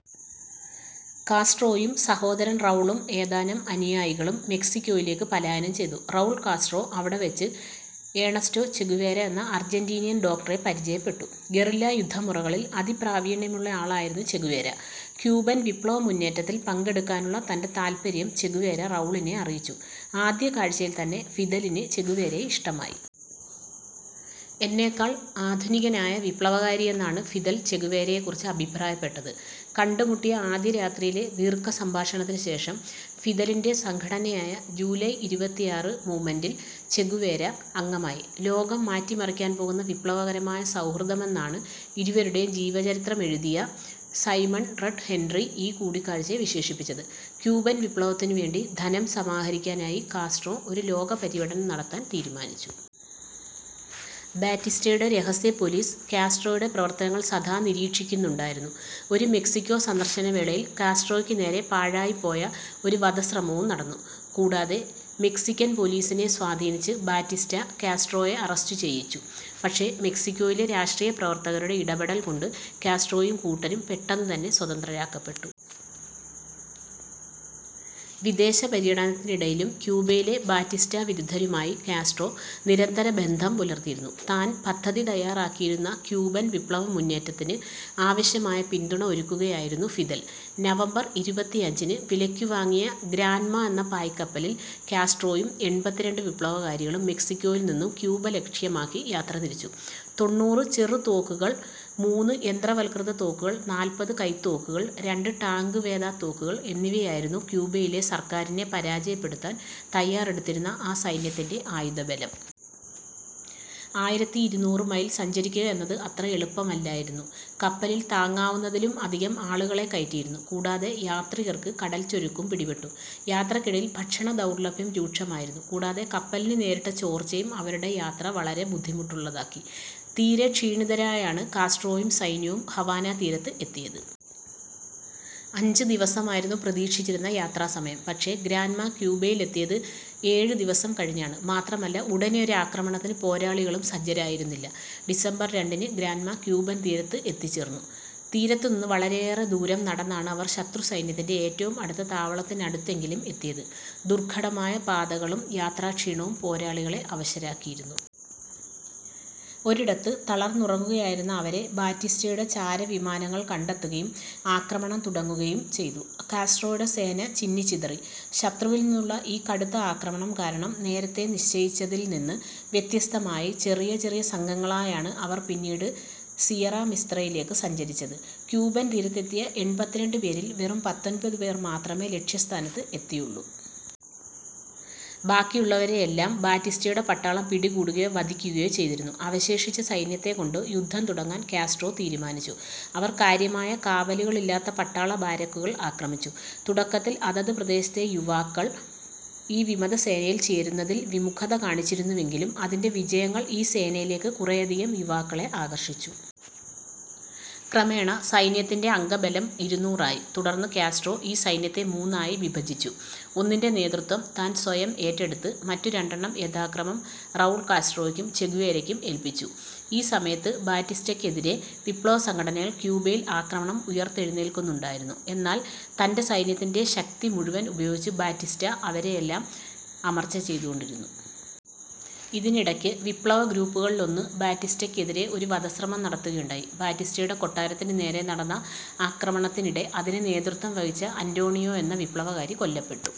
കാസ്ട്രോയും സഹോദരൻ റൗളും ഏതാനം അനുയായികളും മെക്സിക്കോയിലേക്ക് പലായനം ചെയ്തു. റൗൾ കാസ്ട്രോ അവിടെവെച്ച് ഏണസ്റ്റോ ചെഗുവേര എന്ന അർജന്റീനിയൻ ഡോക്ടറെ പരിചയപ്പെട്ടു. ഗറില്ലാ യുദ്ധമുറകളിൽ അതിപ്രാവീണ്യമുള്ളയാളായിരുന്നു ചെഗുവേര. ക്യൂബൻ വിപ്ലവമുന്നേറ്റത്തിൽ പങ്കെടുക്കാനുള്ള തൻ്റെ താൽപര്യം ചെഗുവേര റൗളിനെ അറിയിച്ചു. ആദ്യ കാഴ്ചയിൽത്തന്നെ ഫിദലിന് ചെഗുവേരയെ ഇഷ്ടമായി. എന്നേക്കാൾ ആധുനികനായ വിപ്ലവകാരിയെന്നാണ് ഫിദൽ ചെഗുവേരയെക്കുറിച്ച് അഭിപ്രായപ്പെട്ടത്. കണ്ടുമുട്ടിയ ആദ്യരാത്രിയിലെ ദീർഘസംഭാഷണത്തിനുശേഷം ഫിദലിൻ്റെ സംഘടനയായ ജൂലൈ ഇരുപത്തിയാറ് മൂവ്മെൻറ്റിൽ ചെഗുവേര അംഗമായി. ലോകം മാറ്റിമറിക്കാൻ പോകുന്ന വിപ്ലവകരമായ സൗഹൃദമെന്നാണ് ഇരുവരുടെയും ജീവചരിത്രമെഴുതിയ സൈമണ്ട് റെഡ് ഹെൻട്രി ഈ കൂടിക്കാഴ്ചയെ വിശേഷിപ്പിച്ചത്. ക്യൂബൻ വിപ്ലവത്തിനുവേണ്ടി ധനം സമാഹരിക്കാനായി കാസ്ട്രോ ഒരു ലോകപര്യടനം നടത്താൻ തീരുമാനിച്ചു. ബാറ്റിസ്റ്റയുടെ രഹസ്യ പോലീസ് കാസ്ട്രോയുടെ പ്രവർത്തനങ്ങൾ സദാ നിരീക്ഷിക്കുന്നുണ്ടായിരുന്നു. ഒരു മെക്സിക്കോ സന്ദർശനവേളയിൽ കാസ്ട്രോയ്ക്കുനേരെ പാഴായിപ്പോയ ഒരു വധശ്രമവും നടന്നു. കൂടാതെ, മെക്സിക്കൻ പോലീസിനെ സ്വാധീനിച്ച് ബാറ്റിസ്റ്റ കാസ്ട്രോയെ അറസ്റ്റ് ചെയ്യിച്ചു. പക്ഷേ, മെക്സിക്കോയിലെ രാഷ്ട്രീയ പ്രവർത്തകരുടെ ഇടപെടൽ കൊണ്ട് കാസ്ട്രോയും കൂട്ടരും പെട്ടെന്ന് തന്നെ സ്വതന്ത്രരാക്കപ്പെട്ടു. വിദേശപര്യടനത്തിനിടയിലും ക്യൂബയിലെ ബാറ്റിസ്റ്റ വിരുദ്ധരുമായി കാസ്ട്രോ നിരന്തരബന്ധം പുലർത്തിയിരുന്നു. താൻ പദ്ധതി തയ്യാറാക്കിയിരുന്ന ക്യൂബൻ വിപ്ലവമുന്നേറ്റത്തിന് ആവശ്യമായ പിന്തുണ ഒരുക്കുകയായിരുന്നു ഫിദൽ. നവംബർ ഇരുപത്തിയഞ്ചിന് വിലയ്ക്കു വാങ്ങിയ ഗ്രാൻമ എന്ന പായ്ക്കപ്പലിൽ കാസ്ട്രോയും എൺപത്തിരണ്ട് വിപ്ലവകാരികളും മെക്സിക്കോയിൽ നിന്ന് ക്യൂബ ലക്ഷ്യമാക്കി യാത്രതിരിച്ചു. തൊണ്ണൂറ് ചെറുതോക്കുകൾ മൂന്ന് യന്ത്രവൽകൃത തോക്കുകൾ നാൽപ്പത് കൈത്തോക്കുകൾ രണ്ട് ടാങ്ക് വേധ തോക്കുകൾ എന്നിവയായിരുന്നു ക്യൂബയിലെ സർക്കാരിനെ പരാജയപ്പെടുത്താൻ തയ്യാറെടുത്തിരുന്ന ആ സൈന്യത്തിൻ്റെ ആയുധബലം. ആയിരത്തി ഇരുനൂറ് മൈൽ സഞ്ചരിക്കുക എന്നത് അത്ര എളുപ്പമല്ലായിരുന്നു. കപ്പലിൽ താങ്ങാവുന്നതിലും അധികം ആളുകളെ കയറ്റിയിരുന്നു. കൂടാതെ, യാത്രികർക്ക് കടൽച്ചൊരുക്കും പിടിപെട്ടു. യാത്രക്കിടയിൽ ഭക്ഷണദൗർലഭ്യം രൂക്ഷമായിരുന്നു. കൂടാതെ, കപ്പലിന് നേരിട്ട ചോർച്ചയും അവരുടെ യാത്ര വളരെ ബുദ്ധിമുട്ടുള്ളതാക്കി. തീരെ ക്ഷീണിതരായാണ് കാസ്ട്രോയും സൈന്യവും ഹവാന തീരത്ത് എത്തിയത്. അഞ്ച് ദിവസമായിരുന്നു പ്രതീക്ഷിച്ചിരുന്ന യാത്രാസമയം. പക്ഷേ ഗ്രാൻമ ക്യൂബയിലെത്തിയത് ഏഴ് ദിവസം കഴിഞ്ഞാണ്. മാത്രമല്ല ഉടനെയൊരു ആക്രമണത്തിന് പോരാളികളും സജ്ജരായിരുന്നില്ല. ഡിസംബർ രണ്ടിന് ഗ്രാൻമ ക്യൂബൻ തീരത്ത് എത്തിച്ചേർന്നു. തീരത്തുനിന്ന് വളരെയേറെ ദൂരം നടന്നാണ് അവർ ശത്രുസൈന്യത്തിൻ്റെ ഏറ്റവും അടുത്ത താവളത്തിനടുത്തെങ്കിലും എത്തിയത്. ദുർഘടമായ പാതകളും യാത്രാക്ഷീണവും പോരാളികളെ അവശരാക്കിയിരുന്നു. ഒരിടത്ത് തളർന്നുറങ്ങുകയായിരുന്ന അവരെ ബാറ്റിസ്റ്റയുടെ ചാരവിമാനങ്ങൾ കണ്ടെത്തുകയും ആക്രമണം തുടങ്ങുകയും ചെയ്തു. കാസ്ട്രോയുടെ സേന ചിന്നിച്ചിതറി. ശത്രുവിൽ നിന്നുള്ള ഈ കടുത്ത ആക്രമണം കാരണം നേരത്തേ നിശ്ചയിച്ചതിൽ നിന്ന് വ്യത്യസ്തമായി ചെറിയ ചെറിയ സംഘങ്ങളായാണ് അവർ പിന്നീട് സിയറ മിസ്ത്രയിലേക്ക് സഞ്ചരിച്ചത്. ക്യൂബൻ തീരത്ത് എത്തിയ എൺപത്തിരണ്ട് പേരിൽ വെറും പത്തൊൻപത് പേർ മാത്രമേ ലക്ഷ്യസ്ഥാനത്ത് എത്തിയുള്ളു. ബാക്കിയുള്ളവരെയെല്ലാം ബാറ്റിസ്റ്റയുടെ പട്ടാളം പിടികൂടുകയോ വധിക്കുകയോ ചെയ്തിരുന്നു. അവശേഷിച്ച സൈന്യത്തെക്കൊണ്ട് യുദ്ധം തുടങ്ങാൻ കാസ്ട്രോ തീരുമാനിച്ചു. അവർ കാര്യമായ കാവലുകളില്ലാത്ത പട്ടാള ബാരക്കുകൾ ആക്രമിച്ചു. തുടക്കത്തിൽ അതത് പ്രദേശത്തെ യുവാക്കൾ ഈ വിമതസേനയിൽ ചേരുന്നതിൽ വിമുഖത കാണിച്ചിരുന്നുവെങ്കിലും, അതിൻ്റെ വിജയങ്ങൾ ഈ സേനയിലേക്ക് കുറെയധികം യുവാക്കളെ ആകർഷിച്ചു. ക്രമേണ സൈന്യത്തിൻ്റെ അംഗബലം ഇരുന്നൂറായി. തുടർന്ന് കാസ്ട്രോ ഈ സൈന്യത്തെ മൂന്നായി വിഭജിച്ചു. ഒന്നിൻ്റെ നേതൃത്വം താൻ സ്വയം ഏറ്റെടുത്ത് മറ്റു രണ്ടെണ്ണം യഥാക്രമം റൗൾ കാസ്ട്രോയ്ക്കും ചെഗുവേരയ്ക്കും ഏൽപ്പിച്ചു. ഈ സമയത്ത് ബാറ്റിസ്റ്റക്കെതിരെ വിപ്ലവസംഘടനകൾ ക്യൂബയിൽ ആകമാനം ഉയിർത്തെഴുന്നേൽക്കുന്നുണ്ടായിരുന്നു. എന്നാൽ തൻ്റെ സൈന്യത്തിൻ്റെ ശക്തി മുഴുവൻ ഉപയോഗിച്ച് ബാറ്റിസ്റ്റ അവരെയെല്ലാം അമർച്ച ചെയ്തുകൊണ്ടിരുന്നു. ഇതിനിടയ്ക്ക് വിപ്ലവഗ്രൂപ്പുകളിലൊന്ന് ബാറ്റിസ്റ്റക്കെതിരെ ഒരു വധശ്രമം നടത്തുകയുണ്ടായി. ബാറ്റിസ്റ്റയുടെ കൊട്ടാരത്തിന് നേരെ നടന്ന ആക്രമണത്തിനിടെ അതിന് നേതൃത്വം വഹിച്ച ആന്റോണിയോ എന്ന വിപ്ലവകാരി കൊല്ലപ്പെട്ടു.